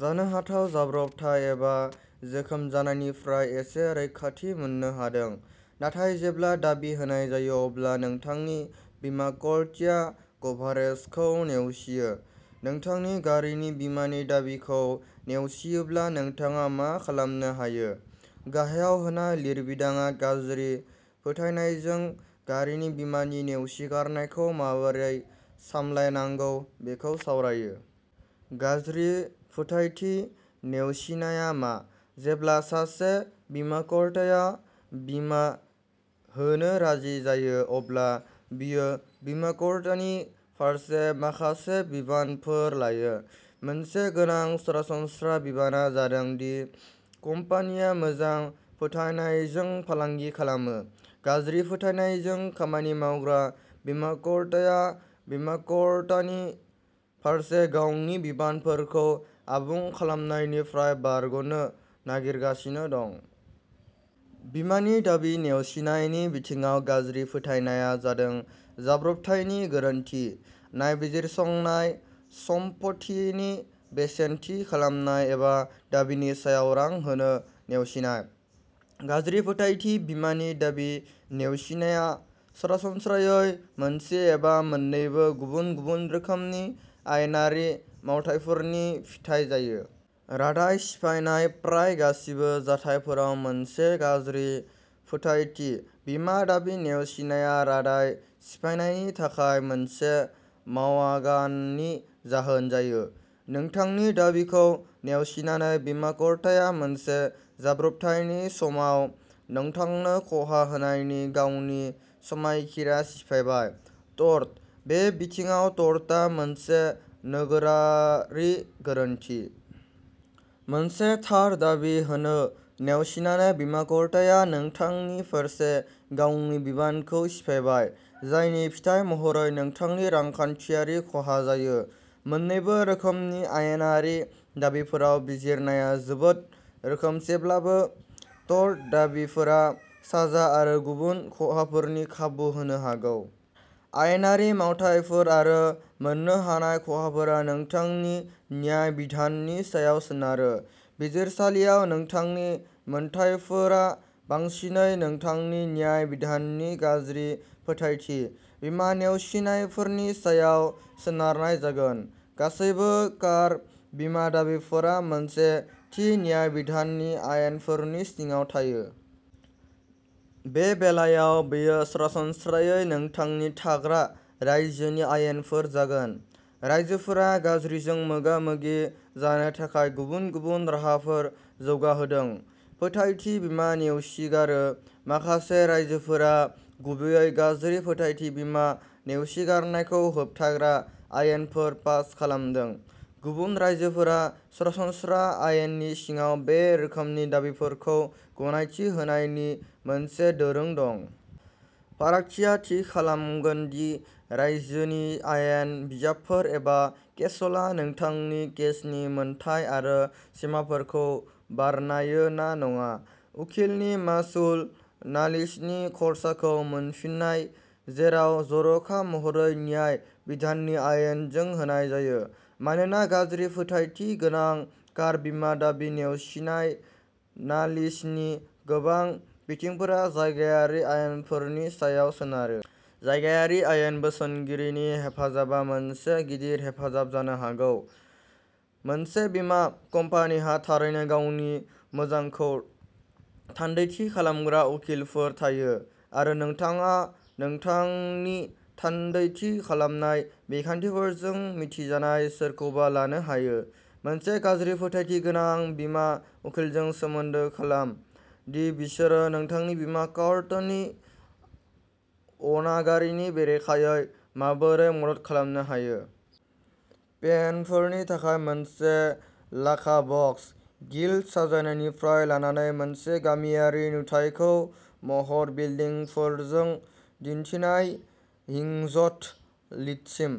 जानो हाथाव जाब्रबथाय एबा जोखोम जानायनिफ्राय एसे रैखाथि मोननो हादों। नाथाय जेब्ला दाबि होनाय जायो। अब्ला नोंथांनि बीमाकर्ताया कभारेजखौ नेवसियो। नोंथांनि गारिनि बीमानि दाबिखौ नेवसियोब्ला नोंथाङा मा खालामनो हायो? गाहायाव होनाय लिरबिदांआ गाज्रि फोथायनायजों गारिनि बीमानि नेवसिगारनायखौ माबोरै सामलायनांगौ बेखौ सावरायो। गाज्रि फोथायथि नेवसिनाया मा? जेब्ला सासे बीमाकर्ताया बीमा होनो राजि जायो। अब्ला बियो बीमाकर्तानि फारसे माखासे बिबानफोर लायो। मोनसे गोनां सरासनस्रा बिबानआ जादों दि कम्पानिया मोजां फोथायनायजों फालांगि खालामो। गाज्रि फोथायनायजों खामानि मावग्रा बीमाकर्ताया बीमाकर्तानि फारसे गावनि बिबानफोरखौ आबुं खालामनायनिफ्राय बारग'नो नागिरगासिनो दं। बीमानि दाबि नेवसिनायनि बिथिङाव गाज्रि फोथायनाया जादों जाब्रबथायनि गोरोन्थि नायबिजिरसंनाय सम्पथिनि बेसेन थि खालामनाय एबा दाबिनि सायाव रां होनो नेवसिनाय। गाज्रि फोथायथि बीमानि दाबि नेवसिनाया सरासनस्रायै मोनसे एबा मोन्नैबो गुबुन-गुबुन रोखोमनि आयेनारि मावथायफोरनि फिथाय जायो। रादाय सिफायनाय प्राय गासिबो जाथायफोराव मोनसे गाज्रि फोथायथि बीमा दाबि नेवसिनाया रादाय सिफायनायनि थाखाय मोनसे मावआगाननि जाहोन जायो। नोंथांनि दाबिखौ नेवसिनानै बीमाकर्ताया मोनसे जाब्रबथायनि समाव नोंथांनो खहा होनायनि गावनि समायखिरा सिफायबाय। टर्ट बे बिथिङाव टर्टआ मोनसे नोगोरारि गोरोन्थि। मोनसे थार दाबि होनो नेवसिनानै बीमाकर्ताया नोंथांनि फारसे गावनि बिबानखौ सिफायबाय जायनि फिथाय महरै नोंथांनि रांखान्थियारि खहा जायो। मोननैबो रोखोमनि आयेनारि दाबिफोराव बिजिरनाया जोबोद रोखोमसेब्लाबो टर्ट दाबिफोरा साजा आरो गुबुन खहाफोरनि खाबु होनो हागौ। आयेनारि मावथायफोर आरो मोननो हानाय खहाफोरा नोंथांनि न्याय बिधाननि सायाव सोनारो। बिजिरसालियाव नोंथांनि मोनथायफोरा बांसिनै नोंथांनि न्याय बिधाननि गाज्रि फोथायथि बीमा नेवसिनायफोरनि सायाव सोनारनाय जागोन। गासैबो कार बीमा दाबिफोरा मोनसे थि न्याय बिधाननि आयेनफोरनि सिङाव थायो। बे बेलायाव बेयो सरासनस्रायै नोंथांनि थाग्रा रायजोनि आयेनफोर जागोन। रायजोफोरा गाज्रिजों मोगा-मोगि जानो थाखाय गुबुन-गुबुन राहाफोर जौगाहोदों। फोथायथि बीमा नेवसिगारो। माखासे रायजोफोरा गुबैयै गाज्रि फोथायथि बीमा नेवसिगारनायखौ होबथाग्रा आयेनफोर पास खालामदों। गुबुन रायजोफोरा सरासनस्रा आयेननि सिङाव बे रोखोमनि दाबिफोरखौ गनायथि होनायनि मोनसे दोरों दं। फारागथिया थि खालामगोन दि रायजोनि आयेन बिजाबफोर एबा केसला नोंथांनि केसनि मोनथाय आरो सिमाफोरखौ बरनायो ना नङा। उखिलनि मासुल नालिसनि खर्साखौ मोनफिन्नाय जेराव जर'खा महरै न्याय बिधाननि आयेनजों होनाय जायो। मानोना गाज्रि फोथायथि गोनां कार बीमा दाबि नेवसिनाय नालिसनि गोबां बिथिंफोरा जायगायारि आयेनफोरनि सायाव सोनारो। जायगायारि आयेन बोसोनगिरिनि हेफाजाबआ मोनसे गिदिर हेफाजाब जानो हागौ। मोनसे बीमा कम्पानीहा थारैनो गावनि मोजांखौ थान्दैथि खालामग्रा उखिलफोर थायो। आरो नोंथाङा नोंथांनि थान्दैथि खालामनाय बिखान्थिजों मिथिजानाय सोरखौबा लानो हायो। मोनसे गाज्रि फोथायथि गोनां बीमा उखिलजों सोमोन्दो खालाम दि बिसोरो नोंथांखौ बीमाकर्तानि अनागारिनि बेरेखायै माबोरै मदद खालामनो हायो। पेनफोरनि थाखाय मोनसे लाखा बक्स। गिल्ट साजायनायनिफ्राय लानानै मोनसे गामियारि नुथायखौ महर बिल्डिंफोरजों दिन्थिनाय हिंजड लिदसिम।